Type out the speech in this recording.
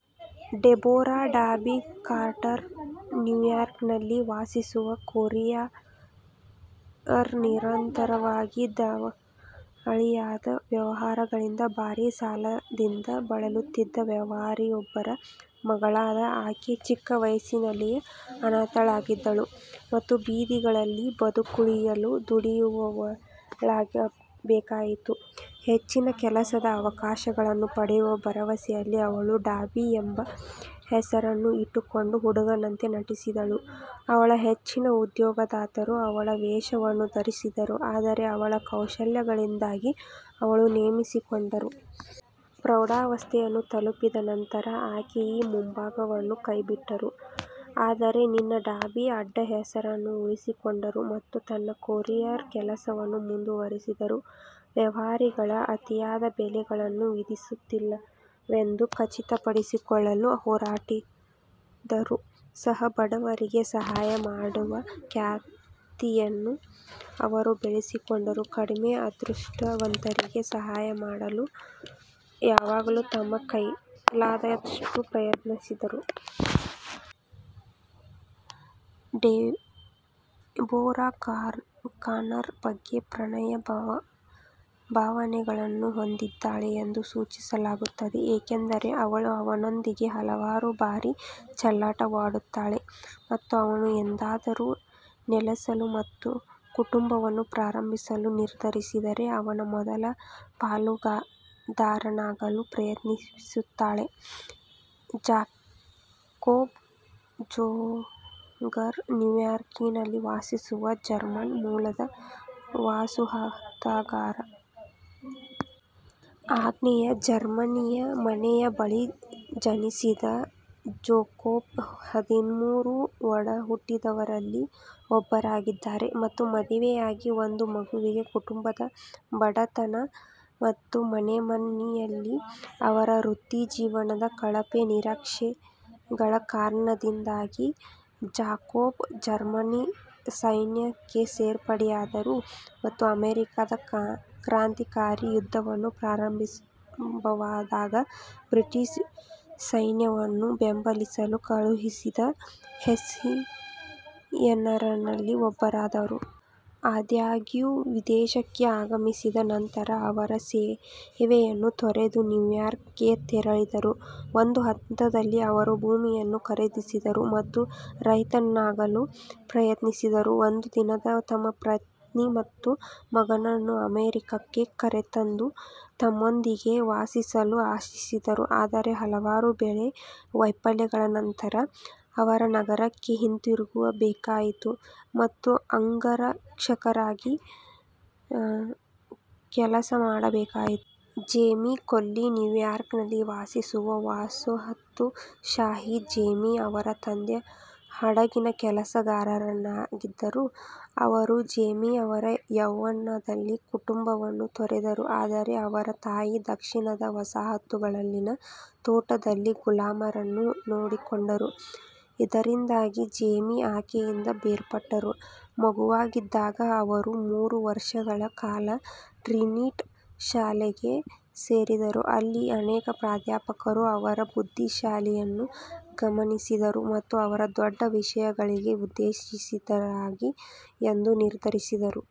Deborah "Dobby" Carter ನ್ಯೂಯಾರ್ಕ್ನಲ್ಲಿ ವಾಸಿಸುವ courier. ನಿರಂತರವಾಗಿ ದಿವಾಳಿಯಾದ ವ್ಯವಹಾರಗಳಿಂದ ಭಾರೀ ಸಾಲದಿಂದ ಬಳಲುತ್ತಿದ್ದ ವ್ಯಾಪಾರಿಯೊಬ್ಬರ ಮಗಳಾದ ಆಕೆ ಚಿಕ್ಕ ವಯಸ್ಸಿನಲ್ಲಿಯೇ ಅನಾಥಳಾಗಿದ್ದಳು ಮತ್ತು ಬೀದಿಗಳಲ್ಲಿ ಬದುಕುಳಿಯಲು ದುಡಿಯುವವಳಾಗಬೇಕಾಯಿತು. ಹೆಚ್ಚಿನ ಕೆಲಸದ ಅವಕಾಶಗಳನ್ನು ಪಡೆಯುವ ಭರವಸೆಯಲ್ಲಿ ಅವಳು "ಡಾಬಿ" ಎಂಬ ಹೆಸರನ್ನು ಇಟ್ಟುಕೊಂಡು ಹುಡುಗನಂತೆ ನಟಿಸಿದಳು; ಅವಳ ಹೆಚ್ಚಿನ ಉದ್ಯೋಗದಾತರು ಅವಳ ವೇಷವನ್ನು ನೋಡಿದರು, ಆದರೆ ಅವಳ ಕೌಶಲ್ಯಗಳಿಂದಾಗಿ ಅವಳನ್ನು ನೇಮಿಸಿಕೊಂಡರು. ಪ್ರೌಢಾವಸ್ಥೆಯನ್ನು ತಲುಪಿದ ನಂತರ, ಆಕೆ ಈ ಮುಂಭಾಗವನ್ನು ಕೈಬಿಟ್ಟರು, ಆದರೆ ತನ್ನ "ಡಾಬಿ" ಅಡ್ಡಹೆಸರನ್ನು ಉಳಿಸಿಕೊಂಡರು ಮತ್ತು ತನ್ನ ಕೊರಿಯರ್ ಕೆಲಸವನ್ನು ಮುಂದುವರೆಸಿದರು. ವ್ಯಾಪಾರಿಗಳು ಅತಿಯಾದ ಬೆಲೆಗಳನ್ನು ವಿಧಿಸುತ್ತಿಲ್ಲವೆಂದು ಖಚಿತಪಡಿಸಿಕೊಳ್ಳಲು ಹೋರಾಡುತ್ತಿದ್ದರೂ ಸಹ, ಬಡವರಿಗೆ ಸಹಾಯ ಮಾಡುವ ಖ್ಯಾತಿಯನ್ನು ಅವರು ಬೆಳೆಸಿಕೊಂಡರು, ಕಡಿಮೆ ಅದೃಷ್ಟವಂತರಿಗೆ ಸಹಾಯ ಮಾಡಲು ಯಾವಾಗಲೂ ತಮ್ಮ ಕೈಲಾದಷ್ಟು ಪ್ರಯತ್ನಿಸುತ್ತಿದ್ದರು. ಡೆಬೊರಾ ಕಾನರ್ ಬಗ್ಗೆ ಪ್ರಣಯ ಭಾವನೆಗಳನ್ನು ಹೊಂದಿದ್ದಾಳೆ ಎಂದು ಸೂಚಿಸಲಾಗುತ್ತದೆ, ಏಕೆಂದರೆ ಅವಳು ಅವನೊಂದಿಗೆ ಹಲವಾರು ಬಾರಿ ಚೆಲ್ಲಾಟವಾಡುತ್ತಾಳೆ ಮತ್ತು ಅವನು ಎಂದಾದರೂ ನೆಲೆಸಲು ಮತ್ತು ಕುಟುಂಬವನ್ನು ಪ್ರಾರಂಭಿಸಲು ನಿರ್ಧರಿಸಿದರೆ ಅವನ ಮೊದಲ ಪಾಲುದಾರನಾಗಲು ಪ್ರಸ್ತಾಪಿಸುತ್ತಾಳೆ. ಜಾಕೋಬ್ ಝೆಂಗರ್ ನ್ಯೂಯಾರ್ಕ್ನಲ್ಲಿ ವಾಸಿಸುವ ಜರ್ಮನ್ ಮೂಲದ ವಸಾಹತುಗಾರ. ಆಗ್ನೇಯ ಜರ್ಮನಿಯ ಮನ್ಹೈಮ್ ಬಳಿ ಜನಿಸಿದ ಜಾಕೋಬ್ ಹದಿಮೂರು ಒಡಹುಟ್ಟಿದವರಲ್ಲಿ ಒಬ್ಬರಾಗಿದ್ದಾರೆ ಮತ್ತು ಮದುವೆಯಾಗಿ ಒಂದು ಮಗುವಿದೆ. ಕುಟುಂಬದ ಬಡತನ ಮತ್ತು ಮನ್ಹೈಮ್ನಲ್ಲಿ ಅವರ ವೃತ್ತಿಜೀವನದ ಕಳಪೆ ನಿರೀಕ್ಷೆಗಳ ಕಾರಣದಿಂದಾಗಿ, ಜಾಕೋಬ್ ಜರ್ಮನ್ ಸೈನ್ಯಕ್ಕೆ ಸೇರ್ಪಡೆಯಾದರು ಮತ್ತು ಅಮೆರಿಕಾದ ಕ್ರಾಂತಿಕಾರಿ ಯುದ್ಧವು ಪ್ರಾರಂಭವಾದಾಗ, ಬ್ರಿಟಿಷ್ ಸೈನ್ಯವನ್ನು ಬೆಂಬಲಿಸಲು ಕಳುಹಿಸಿದ ಹೆಸ್ಸಿಯನ್ನರಲ್ಲಿ ಒಬ್ಬರಾದರು. ಆದಾಗ್ಯೂ, ವಿದೇಶಕ್ಕೆ ಆಗಮಿಸಿದ ನಂತರ, ಅವರು ಸೇವೆಯನ್ನು ತೊರೆದು ನ್ಯೂಯಾರ್ಕ್ಗೆ ತೆರಳಿದರು. ಒಂದು ಹಂತದಲ್ಲಿ, ಅವರು ಭೂಮಿಯನ್ನು ಖರೀದಿಸಿದರು ಮತ್ತು ರೈತನಾಗಲು ಪ್ರಯತ್ನಿಸಿದರು, ಒಂದು ದಿನ ತಮ್ಮ ಪತ್ನಿ ಮತ್ತು ಮಗನನ್ನು ಅಮೆರಿಕಕ್ಕೆ ಕರೆತಂದು ತಮ್ಮೊಂದಿಗೆ ವಾಸಿಸಲು ಆಶಿಸಿದರು, ಆದರೆ ಹಲವಾರು ಬೆಳೆ ವೈಫಲ್ಯಗಳ ನಂತರ ಅವರು ನಗರಕ್ಕೆ ಹಿಂತಿರುಗಬೇಕಾಯಿತು ಮತ್ತು ಅಂಗರಕ್ಷಕನಾಗಿ ಕೆಲಸ ಮಾಡಬೇಕಾಯಿತು. ಜೇಮೀ ಕೊಲ್ಲಿ ನ್ಯೂಯಾರ್ಕ್ನಲ್ಲಿ ವಾಸಿಸುವ ವಸಾಹತುಶಾಹಿ. ಜೇಮೀ ಅವರ ತಂದೆ ಹಡಗಿನ ಕೆಲಸಗಾರರಾಗಿದ್ದರು, ಅವರು ಜೇಮೀ ಅವರ ಯೌವನದಲ್ಲಿ ಕುಟುಂಬವನ್ನು ತೊರೆದರು, ಆದರೆ ಅವರ ತಾಯಿ ದಕ್ಷಿಣದ ವಸಾಹತುಗಳಲ್ಲಿನ ತೋಟದಲ್ಲಿ ಗುಲಾಮರನ್ನು ನೋಡಿಕೊಂಡರು, ಇದರಿಂದಾಗಿ ಜೇಮೀ ಆಕೆಯಿಂದ ಬೇರ್ಪಟ್ಟರು. ಮಗುವಾಗಿದ್ದಾಗ, ಅವರು ಮೂರು ವರ್ಷಗಳ ಕಾಲ ಟ್ರಿನಿಟಿ ಶಾಲೆಗೆ ಸೇರಿದರು, ಅಲ್ಲಿ ಅನೇಕ ಪ್ರಾಧ್ಯಾಪಕರು ಅವರ ಬುದ್ಧಿಶಕ್ತಿಯನ್ನು ಗಮನಿಸಿದರು ಮತ್ತು ಅವರು "ದೊಡ್ಡ ವಿಷಯಗಳಿಗೆ ಉದ್ದೇಶಿತರಾಗಿದ್ದಾರೆ" ಎಂದು ನಿರ್ಧರಿಸಿದರು.